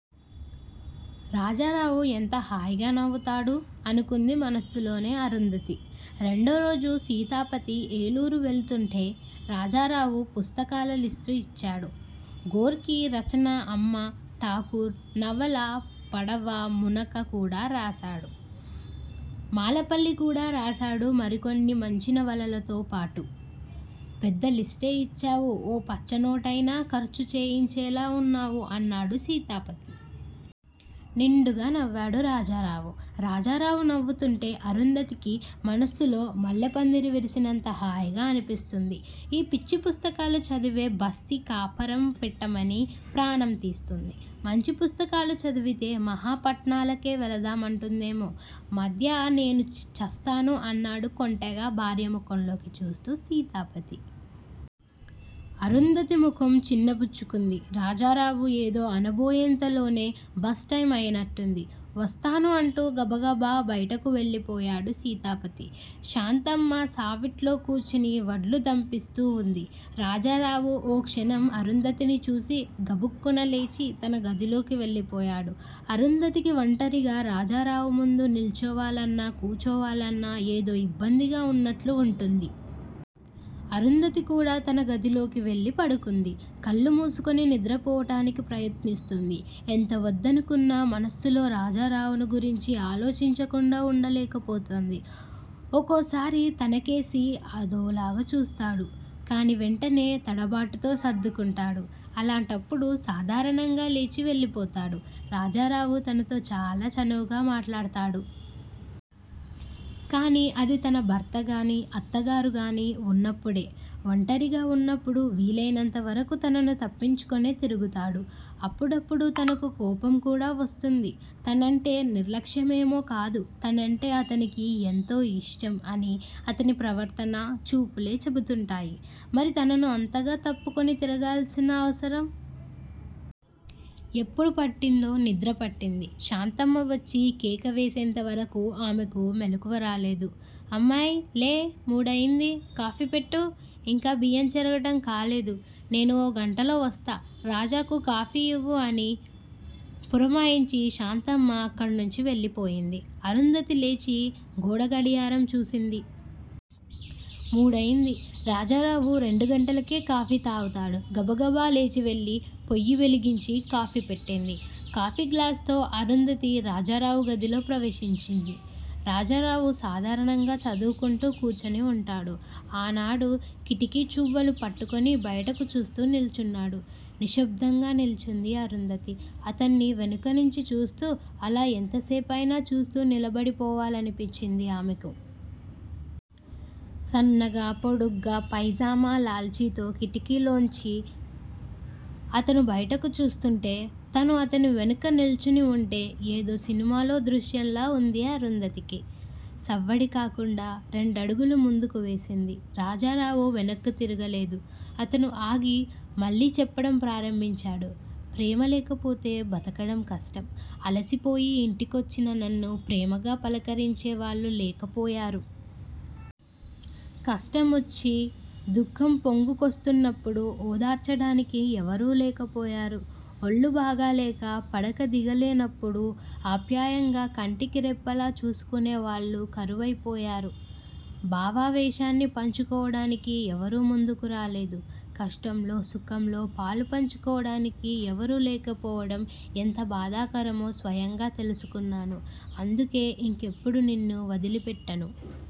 రాజారావు ఎంత హాయిగా నవ్వుతాడు! అనుకుంది మనస్సులోనే అరుంధతి. రెండోరోజు సీతాపతి ఏలూరు వెళుతూంటే రాజారావు పుస్తకాల లిస్టు ఇచ్చాడు. గోర్కి రచన అమ్మ, ఠాకూరు నవల పడవ మునక కూడా రాశాడు. మాలపల్లి కూడా రాశాడు మరికొన్ని మంచినవలలతోపాటు. పెద్ద లిస్టే ఇచ్చావు ఓ పచ్చనోటయినా ఖర్చు చేయించేలా ఉన్నావు అన్నాడు సీతాపతి. నిండుగా నవ్వాడు రాజారావు. రాజారావు నవ్వుతుంటే అరుంధతికి మనస్సులో మల్లెపందిరి విరిసినంత హాయిగా అనిపిస్తుంది. ఈ పిచ్చి పుస్తకాలు చదివే బస్తీ కాపరం పెట్టమని ప్రాణం తీస్తుంది. మంచి పుస్తకాలు చదివితే మహా పట్నాలకే వెళదాం అంటుందేమో! మధ్య నేను చస్తాను అన్నాడు కొంటెగా భార్య ముఖంలోకి చూస్తూ సీతాపతి. అరుంధతి ముఖం చిన్నబుచ్చుకుంది. రాజారావు ఏదో అనబోయేంతలోనే బస్ టైం అయినట్టుంది. వస్తాను అంటూ గబగబా బయటకు వెళ్ళిపోయాడు సీతాపతి. శాంతమ్మ సావిట్లో కూచుని వడ్లు దంపిస్తూ వుంది. రాజారావు ఓ క్షణం అరుంధతిని చూసి గబుక్కున లేచి తన గదిలోకి వెళ్ళిపోయాడు. అరుంధతికి వంటరిగా రాజారావు ముందు నిల్చోవాలన్నా, కూచోవాలన్నా ఏదో ఇబ్బందిగా వున్నట్లు వుంటుంది. అరుంధతి కూడా తన గదిలోకి వెల్లి పడుకుంది. కళ్ళు మూసుకుని నిద్రపోవటానికి ప్రయత్నిస్తూంది. ఎంత వద్దనుకున్నా మనస్సులో రాజారావును గురించి ఆలోచించకుండా వుండలేకపోతూంది. ఒకోసారి తనకేసి అదోలా చూస్తాడు. కాని వెంటనే తడబాటుతో సర్దుకుంటాడు. అలాంటప్పుడు సాధారణంగా లేచి వెళ్ళిపోతాడు. రాజారావు తనతో చాలా చనువుగా మాట్లాడతాడు. కాని అది తన భర్తగానీ, అత్తగారుగాని వున్నప్పుడే. వంటరిగా వున్నప్పుడు వీలయినంతవరకు తనను తప్పించుకొనే తిరుగుతాడు. అప్పుడప్పుడు తనకు కోపంకూడా వస్తుంది. తనంటే నిర్లక్ష్యమేమో కాదు తనంటే అతనికి ఎంతో ఇష్టం అని అతని ప్రవర్తనా, చూపులే చెబుతుంటాయి. మరి తనను అంతగా తప్పుకుని తిరగాల్సిన అవసరం? ఎప్పుడు పట్టిందో నిద్ర పట్టింది. శాంతమ్మ వచ్చి కేక వేసేంతవరకూ ఆమెకు మెలుకువ రాలేదు. అమ్మాయ్, లే! మూడయింది. కాఫీ పెట్టు. ఇంకా బియ్యం చెరగటం కాలేదు. నేను ఓ గంటలో వస్తా. రాజాకు కాఫీ ఇవ్వు అని పురమాయించి శాంతమ్మ అక్కడనుంచి వెళ్ళిపోయింది. అరుంధతి లేచి గోడగడియారం చూసింది. మూడయింది. రాజారావు రెండు గంటలకే కాఫీ తాగుతాడు. గబగబా లేచివెళ్ళి పొయ్యి వెలిగించి కాఫీ పెట్టింది. కాఫీ గ్లాసుతో అరుంధతి రాజారావు గదిలో ప్రవేశించింది. రాజారావు సాధారణంగా చదువుకుంటూ కూచుని వుంటాడు. ఆనాడు కిటికీచువ్వలు పట్టుకొని బయటకు చూస్తూ నిల్చున్నాడు. నిశ్శబ్దంగా నిలుచుంది అరుంధతి. అతన్ని వెనకనుంచి చూస్తూ- అలా యెంతసేపయినా చూస్తూ నిలబడిపోవాలనిపించింది ఆమెకు. సన్నగా పొడుగ్గా, పైజామా-లాల్చీతో కిటికీలోనుంచి అతను బయటకు చూస్తుంటే, తను అతని వెనుక నిల్చునివుంటే-ఏదో సినిమాలో దృశ్యంలా వుంది అరుంధతికి. సవ్వడి కాకుండా రెండడుగులు ముందుకు వేసింది. రాజారావు వెనక్కు తిరగలేదు. అతను ఆగి మళ్ళీ చెప్పడం ప్రారంభించాడు. ప్రేమ లేకపోతే బతకడం కష్టం. అలసిపోయి ఇంటికొచ్చిన నన్ను ప్రేమగా పలకరించేవాళ్ళు లేకపోయారు. కష్టమొచ్చి దుఃఖం పొంగుకొస్తున్నప్పుడు ఓదార్చడానికి ఎవరూ లేకపోయారు. ఒళ్ళు బాగాలేక పడక దిగలేనప్పుడు ఆప్యాయంగా కంటికి రెప్పలా చూసుకునే వాళ్ళు కరువైపోయారు. భావావేశాన్ని పంచుకోవడానికి ఎవరూ ముందుకు రాలేదు. కష్టంలో, సుఖంలో పాలు పంచుకోవడానికి ఎవరూ లేకపోవడం ఎంత బాధాకరమో స్వయంగా తెలుసుకున్నాను. అందుకే ఇంకెప్పుడూ నిన్ను వదిలిపెట్టను.